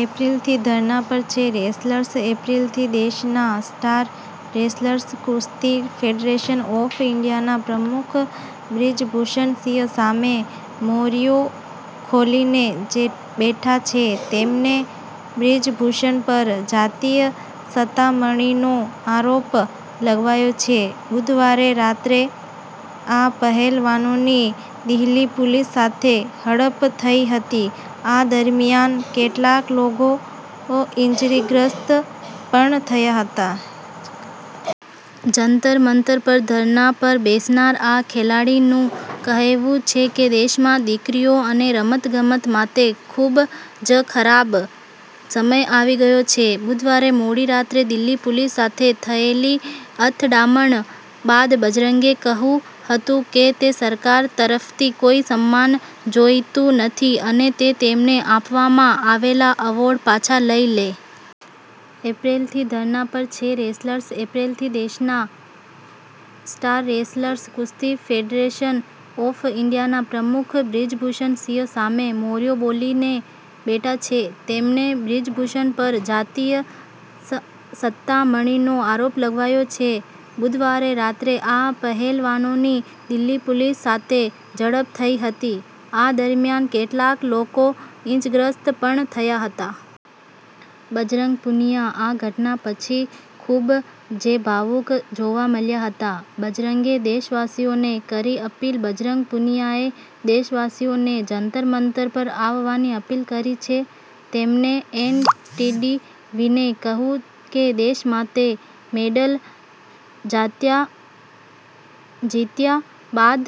એપ્રિલથી ધરણા પર છે રેસલર્સ એપ્રિલથી દેશના સ્ટાર રેસલર્સ કુસ્તી ફેડરેશન ઓફ ઈન્ડિયાના પ્રમુખ બ્રિજભૂષણ સિંહ સામે મોરચો ખોલીને બેઠા છે. તેમણે બ્રિજભૂષણ પર જાતીય સતામણીનો આરોપ લગાવ્યો છે. બુધવારે રાત્રે આ પહેલવાનોની દિલ્હી પોલીસ સાથે ઝડપ થઇ હતી, આ દરમિયાન કેટલાક લોકો ઇજાગ્રસ્ત પણ થયા હતા. જંતર-મંતર પર ધરણા પર બેસનાર આ ખેલાડીનું કહેવું છે કે દેશમાં દીકરીઓ અને રમત-ગમત માટે ખૂબ જ ખરાબ સમય આવી ગયો છે. બુધવારે મોડી રાત્રે દિલ્હી પોલીસ સાથે થયેલી અથડામણ બાદ બજરંગે કહ્યું હતું કે તે સરકાર તરફથી કોઇ સન્માન જોઇતું નથી અને તે તેમને આપવામાં આવેલા એવોર્ડ પાછા લઇ લે. એપ્રિલથી ધરણા પર છે રેસલર્સ એપ્રિલથી દેશના સ્ટાર રેસલર્સ કુસ્તી ફેડરેશન ઓફ ઈન્ડિયાના પ્રમુખ બ્રિજભૂષણ સિંહ સામે મોરચો ખોલીને બેઠા છે. તેમણે બ્રિજભૂષણ પર જાતીય સતામણીનો આરોપ લગાવ્યો છે. બુધવારે રાત્રે આ પહેલવાનોની દિલ્હી પોલીસ સાથે ઝડપ થઇ હતી, આ દરમિયાન કેટલાક લોકો ઇજાગ્રસ્ત પણ થયા હતા. બજરંગ પુનિયા આ ઘટના પછી ખૂબ જ ભાવુક જોવા મળ્યા હતા. બજરંગે દેશવાસીઓને કરી અપીલ બજરંગ પુનિયાએ દેશવાસીઓને જંતર-મંતર પર આવવાની અપીલ કરી છે. તેમણે એનડીટીવીને કહ્યું કે દેશ માટે મેડલ જીત્યા બાદ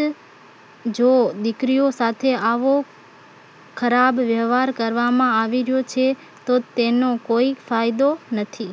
જો દીકરીઓ સાથે આવો ખરાબ વ્યવહાર કરવામાં આવી રહ્યો છે તો તેનો કોઈ ફાયદો નથી.